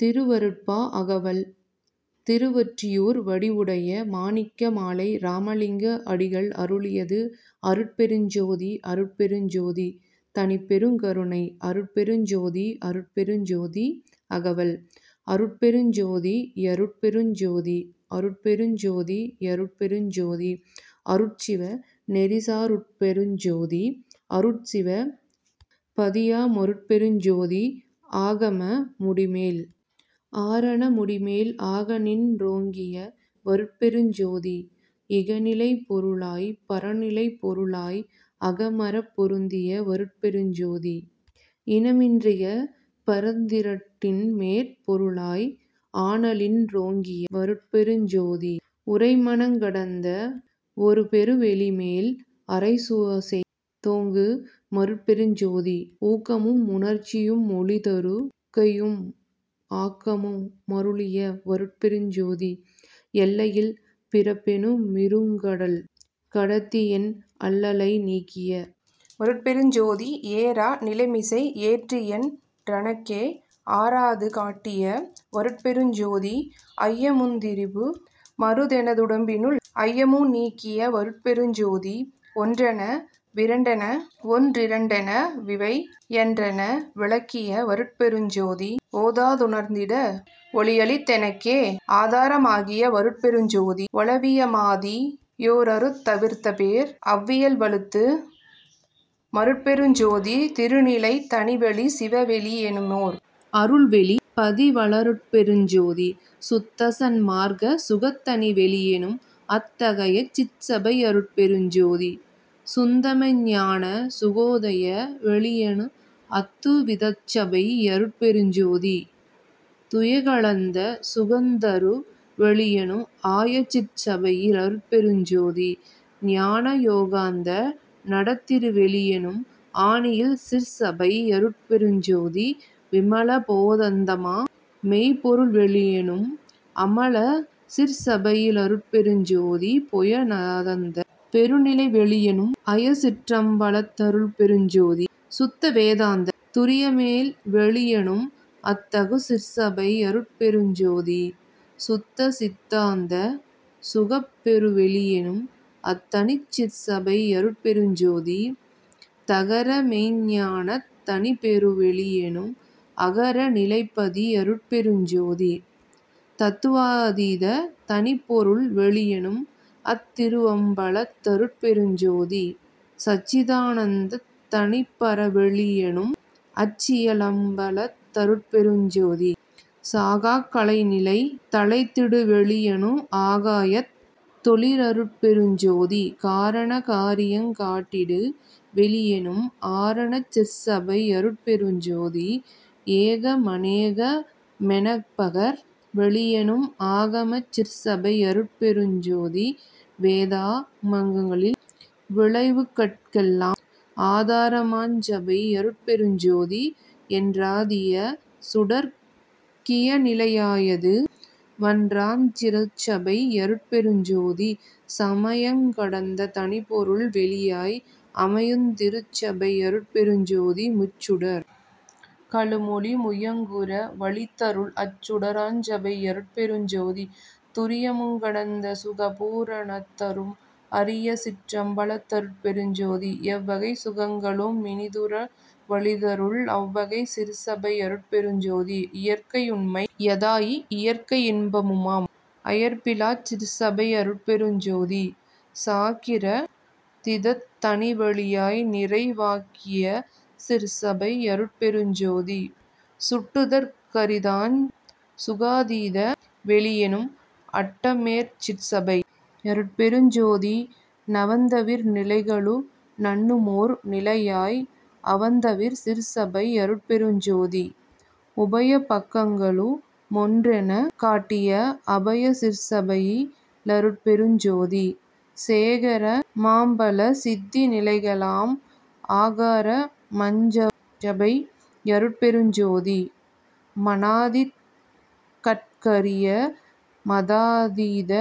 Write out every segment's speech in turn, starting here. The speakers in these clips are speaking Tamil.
திருவருட்பா -அகவல் திருவொற்றியூர் வடிவுடைய மாணிக்க மாலை இராமலிங்க அடிகள் அருளியது அருட்பெருஞ் ஜோதி அருட்பெருஞ் ஜோதி தனிப்பெருங்கருணை அருட்பெருஞ் ஜோதி அருட்பெருஞ் ஜோதி அகவல் அருட்பெருஞ் ஜோதி யருட்பெருஞ் ஜோதி அருட்பெருஞ் ஜோதி யருட்பெருஞ் ஜோதி அருட்சிவ நெறிசாரருட்பெருஞ்ஜோதி அருட்சிவ பதியாமருட்பெருஞ்ஜோதி ஆகம முடிமேல் ஆரண முடிமேல் ஆகநின் றோங்கிய வருட்பெருஞ்ஜோதி இகநிலைப் பொருளாய்ப் பரநிலைப் பொருளாய் அகமறப் பொருந்திய வருட்பெருஞ்ஜோதி இனமின்றிகபரத்திரண்டின்மேற்பொருளாய் ஆனலின்றோங்கிய வருட்பெருஞ்ஜோதி உரைமனங் கடந்த வொருபெருவெளிமேல் அரைசுசெய் தோங்கு மருட்பெருஞ்ஜோதி ஊக்கமு முணர்ச்சியுமொளிதரு மாக்கையும் ஆக்கமு மருளிய வருட்பெருஞ்ஜோதி எல்லையில் பிறப்பெனு மிருங்கடல் கடத்தியென் அல்லலை நீக்கிய வருட்பெருஞ்ஜோதி ஏறா நிலைமிசை யேற்றியென் றனக்கே ஆறாது காட்டிய வருட்பெருஞ்ஜோதி ஐயமுந்திரிபு மறுத்தெனதுடம்பினுள் ஐயமு நீக்கிய வருட்பெருஞ்ஜோதி ஒன்றென விரண்டென வொன்றிரண்டெனவிவை யன்றென விளக்கிய வருட்பெருஞ்ஜோதி ஓதாதுணர்ந்திட வொளியளித்தெனக்கே ஆதாரமாகிய வருட்பெருஞ்ஜோதி ஒளவியமாதி யோராறுந் தவிர்த்தபேர் அவ்வியல் வழுத்து மருட்பெருஞ்ஜோதி திருநிலைத் தனிவெளி சிவவெளி யெனுமோர் அருள்வெளிப் பதிவள ரருட்பெருஞ்ஜோதி சுத்தசன் மார்க்க சுகத்தனிவெளியெனும் அத்தகையச் சிற்சபை யருட்பெருஞ்ஜோதி சுந்தமெஞ்ஞான சுகோதய வெளியெனு அத்துவிதச்ச்பை யருட்பெருஞ்ஜோதி துயெகலந்த சுகந்தரு வெளியெனும் ஆயசிற் சபையி லருட்பெருஞ்ஜோதி ஞானயோகாந்த நடத்திருவெளியெனும் ஆனியில் சிற்சபை யருட்பெருஞ்ஜோதி விமல போதந்தமா மெய்ப்பொருள்வெளியெனும் அமல சிற்சபையி லருட்பெருஞ்ஜோதி பொய நாதந்தப் பெருநிலைவெளியெனும் அயசிற்றம்பலத் தருட்பெருஞ்ஜோதி சுத்தவேதாந்தத் துரியமேல்வெளியெனும் அத்தகு சிற்சபை யருட்பெருஞ்ஜோதி சுத்த சித்தாந்த சுகப்பெருவெளியெனும் அத்தனிச் சிற்சபை யருட்பெருஞ்ஜோதி தகரமெய்ஞ்ஞானத் தனிப்பெருவெளியெனும் அகர நிலைப்பதி யருட்பெருஞ்ஜோதி தத்துவாதீத தனிப்பொருள் வெளியெனும் அத்திருவம்பலத் தருட்பெருஞ்ஜோதி சச்சிதானந்தத் தனிப்பரவெளியெனும் அச்சிய லம்பலத் தருட்பெருஞ்ஜோதி சாகாக் கலைநிலை தழைத்திடுவெளியெனும் ஆகாயத் தொளி ரருட்பெருஞ்ஜோதி காரண காரியங் காட்டிடு வெளியெனும் ஆரணச் சிற்சபை யருட்பெருஞ்ஜோதி ஏக மனேக மெனப்பகர் வெளியெனும் ஆகமச் சிற்சபை யருட்பெருஞ்ஜோதி வேதா கமங்களின் விளைவுகட்கெல்லாம் ஆதாரமாஞ்சபை யருட்பெருஞ்ஜோதி என்றாதிய சுடர்க் கியனிலையாயது வன்றாந்திருச்சபை யருட்பெருஞ்ஜோதி சமயங் கடந்த தனிப்பொருள் வெளியாய் அமையுந்திருச்சபை யருட்பெருஞ்ஜோதி முச்சுடர் களுமொளி முயங்குற வளித்தருள் அச்சுடராஞ்சபை யருட்பெருஞ்ஜோதி துரியமுங்கடந்த சுகபூரணந்தரும் அரியசிற்றம்பலத் தருட்பெருஞ்ஜோதி எவ்வகைச் சுகங்களு மினிதுற வளித்தருள் அவ்வகைச் சிற்சபை யருட்பெருஞ்ஜோதி இயற்கையுண்மை யதாயியற்கையின்பமுமாம் அயர்ப்பிலாச் சிற்சபை யருட்பெருஞ்ஜோதி சாக்கிர தீதத் தனிவெளியாய்நிறை வாக்கிய சிற்சபை யருட்பெருஞ்ஜோதி சுட்டுதற் கரிதாஞ் சுகாதீத வெளியெனும் அட்டமேற் சிற்சபை யருட்பெருஞ்ஜோதி நவந்தவிர் நிலைகளு நண்ணுமோர் நிலையாய் அவந்தவிர் சிற்சபை யருட்பெருஞ்ஜோதி உபயபக் கங்களு மொன்றெனக் காட்டிய அபயசிற் சபையி லருட்பெருஞ்ஜோதி சேகர மாம்பல சித்தி நிலைக்கெலாம் ஆகார மாஞ்சபை யருட்பெருஞ்ஜோதி மனாதிகட் கரிய மதாதீத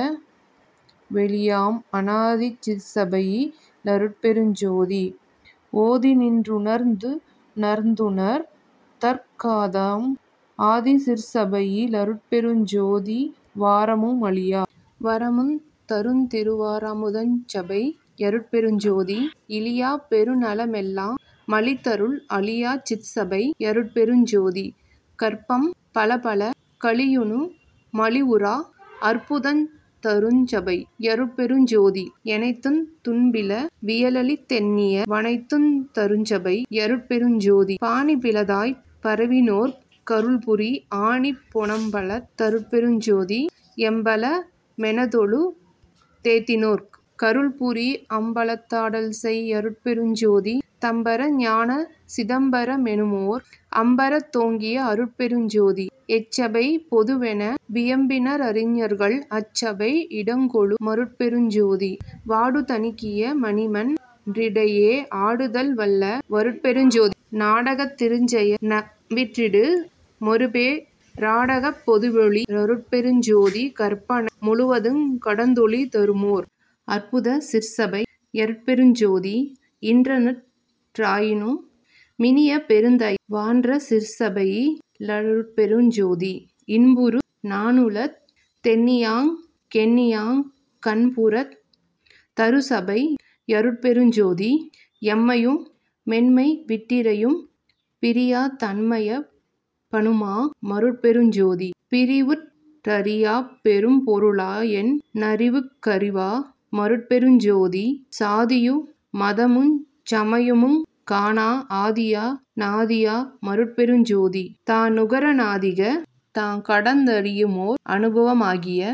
வெளியாம் அனாதி சிற்சபையி லருட்பெருஞ்ஜோதி ஓதிநின்றுணர்ந்துணர்ந்துணர்தற்காதாம் ஆதிசிற்சபையி லருட்பெருஞ்ஜோதிவாரமு மழியா வரமுந் தருந்திருவாரமுதாஞ் சபை யருட்பெருஞ்ஜோதி இழியாப் பெருநல மெல்லா மளித்தருள் அழியாச் சிற்சபை யருட்பெருஞ்ஜோதி கற்பம் பலபல கழியுனு மழிவுறா அற்புதந் தருஞ்சபை யருட்பெருஞ்ஜோதி எனைத்துந் துன்பிலா வியலளித்தெண்ணிய வனைத்துந் தருஞ்சபை யருட்பெருஞ்ஜோதி பாணிப்பிலதாய்ப் பரவினோர்க் கருள்புரி ஆணிப் பொனம்பலத் தருட்பெருஞ்ஜோதி எம்பல மெனத்தொழு தேத்தினோர்க் கருள்புரி அம்பலத்தாடல்செய் யருட்பெருஞ்ஜோதி தம்பர ஞான சிதம்பர மெனுமோர் அம்பரத் தோங்கிய அருட்பெருஞ்ஜோதி எச்சபை பொதுவென வியம்பின ரறிஞர்கள் அச்சபை இடங்கொளு மருட்பெருஞ்ஜோதி வாடுதனீக்கியமணிமன் றிடையே ஆடுதல் வல்ல வருட்பெருஞ்ஜோதி நாடகத் திருச்செய நவிற்றிடு மொருபே ராடகப் பொதுவொளி ரருட்பெருஞ்ஜோதி கற்பனை முழுவதுங் கடந்தொளி தருமோர் அற்புதச் சிற்சபை யருட்பெருஞ்ஜோதி இன்றநற் றாயினு மினிய பெருந்தய வான்றசிற் சபையி லருட்பெருஞ்ஜோதி இன்புறு நானுளத் தெண்ணியாங் கெண்ணியாங் கன்புறத் தருசபை யருட்பெருஞ்ஜோதி எம்மையு மென்மைவிட்டிறையும் பிரியா தம்மையப் பனுமா மருட்பெருஞ்ஜோதி பிறிவுற் றறியாப் பெரும்பொருளாயென் னறிவுக் கறிவா மருட்பெருஞ்ஜோதி சாதியு மதமுஞ் சமயுமுங் காணா ஆதியா நாதியா மருட்பெருஞ்ஜோதி தநுகர ணாதிக டாங்கடந்தறியுமோர் அனுபவ மாகிய